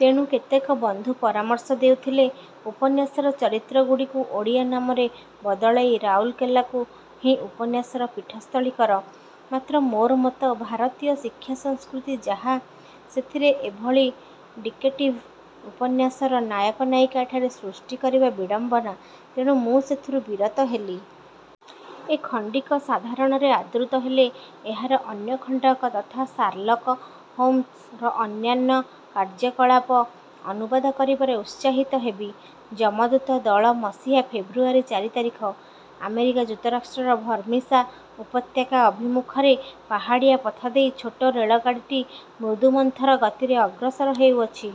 ତେଣୁ କେତେକ ବନ୍ଧୁ ପରାମର୍ଶ ଦେଉଥିଲେ, ଉପନ୍ୟାସର ଚରିତ୍ରଗୁଡ଼ିକୁ ଓଡ଼ିଆ ନାମରେ ବଦଳାଇ ରାଉରକେଲାକୁ ହିଁ ଉପନ୍ୟାସର ପୀଠସ୍ଥଳୀ କର। ମାତ୍ର ମୋର ମତ, ଭାରତୀୟ ଶିକ୍ଷା ସଂସ୍କୃତି ଯାହା, ସେଥିରେ ଏଭଳି ଡିକେଟ୍ଟିଭ ଉପନ୍ୟାସର ନାୟକ-ନାୟିକା ଏଠାରେ ସୃଷ୍ଟି କରିବା ବିଡ଼ମ୍ବନା। ତେଣୁ ମୁଁ ସେଥିରୁ ବିରତ ହେଲି। ଏ ଖଣ୍ଡିକ ସାଧାରଣରେ ଆଦୃତ ହେଲେ, ଏହାର ଅନ୍ୟ ଖଣ୍ଡକ ତଥା 'ଶାର୍ଲକ ହୋମ୍ସ'ର ଅନ୍ୟାନ୍ୟ କାର୍ଯ୍ୟକଳାପ ଅନୁବାଦ କରିବାରେ ଉତ୍ସାହିତ ହେବି। 'ଯମଦୂତ' ଦଳ ମସିହା ଫେବୃୟାରୀ ଚାରି ତାରିଖ। ଆମେରିକା ଯୁକ୍ତରାଷ୍ଟ୍ରର ଭର୍ମିସା ଉପତ୍ୟକା ଅଭିମୁଖରେ ପାହାଡ଼ିଆ ପଥ ଦେଇ ଛୋଟ ରେଳଗାଡ଼ିଟି ମୃଦୁମନ୍ଥର ଗତିରେ ଅଗ୍ରସର ହେଉଅଛି।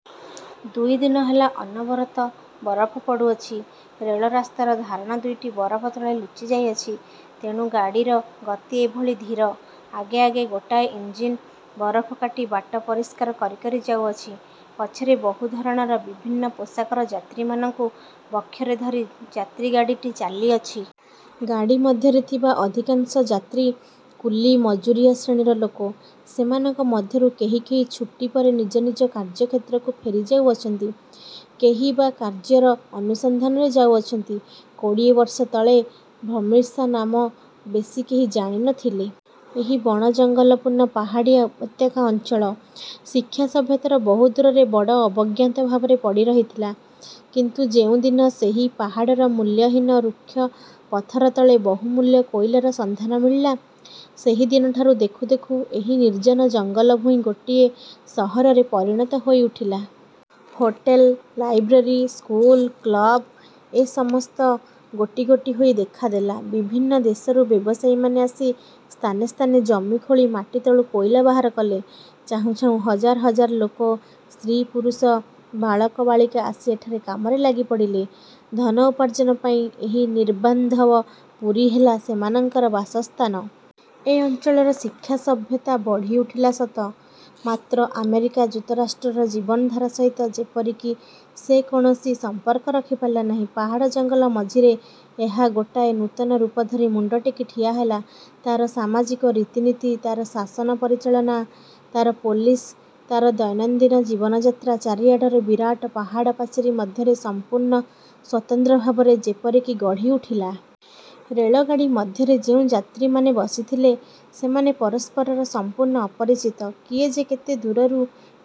ଦୁଇ ଦିନ ହେଲା ଅନବରତ ବରଫ ପଡ଼ୁଅଛି। ରେଳରାସ୍ତାର ଧାରଣା ଦୁଇଟି ବରଫତଳେ ଲୁଚିଯାଇଅଛି। ତେଣୁ ଗାଡ଼ିର ଗତି ଏଭଳି ଧୀର। ଆଗେଆଗେ ଗୋଟାଏ ଇଞ୍ଜିନ ବରଫ କାଟି ବାଟ ପରିଷ୍କାର କରିକରି ଯାଉଅଛି। ପଛରେ ବହୁ ଧରଣର, ବିଭିନ୍ନ ପୋଷାକର ଯାତ୍ରୀମାନଙ୍କୁ ବକ୍ଷରେ ଧରି ଯାତ୍ରୀଗାଡ଼ିଟି ଚାଲିଅଛି। ଗାଡ଼ି ମଧ୍ୟରେ ଥିବା ଅଧିକାଂଶ ଯାତ୍ରୀ କୁଲି ମଜୁରିଆ ଶ୍ରେଣୀର ଲୋକ। ସେମାନଙ୍କ ମଧ୍ୟରୁ କେହି କେହି ଛୁଟି ପରେ ନିଜ ନିଜ କାର୍ଯ୍ୟକ୍ଷେତ୍ରକୁ ଫେରିଯାଉଅଛନ୍ତି; କେହି ବା କାର୍ଯ୍ୟର ଅନୁସନ୍ଧାନରେ ଯାଉଅଛନ୍ତି। କୋଡ଼ିଏ ବର୍ଷ ତଳେ ଭର୍ମିସା ନାମ ବେଶୀ କେହି ଜାଣି ନ ଥିଲେ। ଏହି ବଣଜଙ୍ଗଲପୂର୍ଣ୍ଣ ପାହାଡ଼ିଆ ଉପତ୍ୟକା ଅଞ୍ଚଳ ଶିକ୍ଷା ସଭ୍ୟତାର ବହୁ ଦୂରରେ ବଡ଼ ଅବଜ୍ଞାତ ଭାବରେ ପଡ଼ି ରହିଥିଲା। କିନ୍ତୁ ଯେଉଁ ଦିନ ସେହି ପାହାଡ଼ର ମୂଲ୍ୟହୀନ ରୁକ୍ଷ ପଥର ତଳେ ବହୁମୂଲ୍ୟ କୋଇଲାର ସନ୍ଧାନ ମିଳିଲା, ସେହି ଦିନଠାରୁ ଦେଖୁଦେଖୁ ଏହି ନିର୍ଜନ ଜଙ୍ଗଲଭୂଇଁ ଗୋଟିଏ ସହରରେ ପରିଣତ ହୋଇଉଠିଲା। ହୋଟେଲ, ଲାଇବ୍ରେରୀ, ସ୍କୁଲ, କ୍ଳବ–ଏ ସମସ୍ତ ଗୋଟିଗୋଟି ହୋଇ ଦେଖାଦେଲା। ବିଭିନ୍ନ ଦେଶରୁ ବ୍ୟବସାୟୀମାନେ ଆସି ସ୍ଥାନେସ୍ଥାନେ ଜମି ଖୋଳି ମାଟିତଳୁ କୋଇଲା ବାହାର କଲେ। ଚାହୁଁ ଚାହୁଁ ହଜାର ହଜାର ଲୋକ–ସ୍ତ୍ରୀ ପୁରୁଷ, ବାଳକ ବାଳିକା ଆସି ଏଠାରେ କାମରେ ଲାଗିପଡ଼ିଲେ। ଧନ ଉପାର୍ଜନ ପାଇଁ ଏହି ନିର୍ବାନ୍ଧବ ପୁରୀ ହେଲା ସେମାନଙ୍କର ବାସସ୍ଥାନ। ଏ ଅଞ୍ଚଳର ଶିକ୍ଷା ସଭ୍ୟତା ବଢ଼ିଉଠିଲା ସତ; ମାତ୍ର ଆମେରିକା ଯୁକ୍ତରାଷ୍ଟ୍ରର ଜୀବନଧାରା ସହିତ ଯେପରି କି ସେ କୌଣସି ସମ୍ପର୍କ ରଖିପାରିଲା ନାହିଁ-। ପାହାଡ଼ ଜଙ୍ଗଲ ମଝିରେ ଏହା ଗୋଟାଏ ନୂତନ ରୂପ ଧରି ମୁଣ୍ଡ ଟେକି ଠିଆହେଲା। ତାର ସାମାଜିକ ରୀତିନୀତି, ତାର ଶାସନ ପରିଚାଳନା, ତାର ପୋଲିସ, ତାର ଦୈନନ୍ଦିନ ଜୀବନଯାତ୍ରା ଚାରିଆଡ଼ର ବିରାଟ ପାହାଡ଼ ପାଚେରୀ ମଧ୍ୟରେ ସମ୍ପୂର୍ଣ୍ଣ ସ୍ୱତନ୍ତ୍ର ଭାବରେ ଯେପରି କି ଗଢ଼ିଉଠିଲା-। ରେଳଗାଡ଼ି ମଧ୍ୟରେ ଯେଉଁ ଯାତ୍ରୀମାନେ ବସିଥିଲେ, ସେମାନେ ପରସ୍ପରର ସମ୍ପୂର୍ଣ୍ଣ ଅପରିଚିତ। କିଏ ଯେ କେତେ ଦୂରରୁ,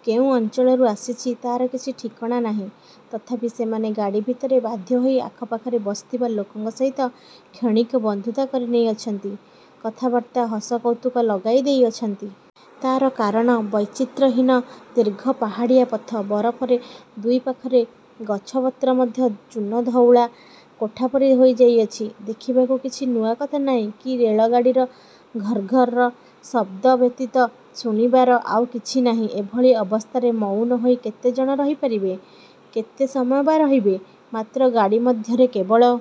କେଉଁ ଅଞ୍ଚଳରୁ ଆସିଛି, ତାର କିଛି ଠିକଣା ନାହିଁ। ତଥାପି ସେମାନେ ଗାଡ଼ିଭିତରେ ବାଧ୍ୟ ହୋଇ ଆଖପାଖରେ ବସିଥିବା ଲୋକଙ୍କ ସହିତ କ୍ଷଣିକ ବନ୍ଧୁତା କରିନେଇଅଛନ୍ତି; କଥାବାର୍ତ୍ତା, ହସକୌତୁକ ଲଗାଇ ଦେଇଅଛନ୍ତି। ତାର କାରଣ, ବୈଚିତ୍ର୍ୟହୀନ ଦୀର୍ଘ ପାହାଡ଼ିଆ ପଥ। ବରଫରେ ଦୁଇ ପାଖର ଗଛପତ୍ର ମଧ୍ୟ ଚୂନଧଉଳା କୋଠା ପରି ହୋଇଯାଇଅଛି। ଦେଖିବାକୁ କିଛି ନୂଆ କଥା ନାହିଁ କି ରେଳଗାଡ଼ିର ଘର୍ଘର ଶବ୍ଦ ବ୍ୟତୀତ ଶୁଣିବାର ଆଉ କିଛି ନାହିଁ। ଏଭଳି ଅବସ୍ଥାରେ ମଉନ ହୋଇ କେତେ ଜଣ ରହିପାରିବେ? କେତେ ସମୟ ବା ରହିବେ? ମାତ୍ର ଗାଡ଼ି ମଧ୍ୟରେ କେବଳ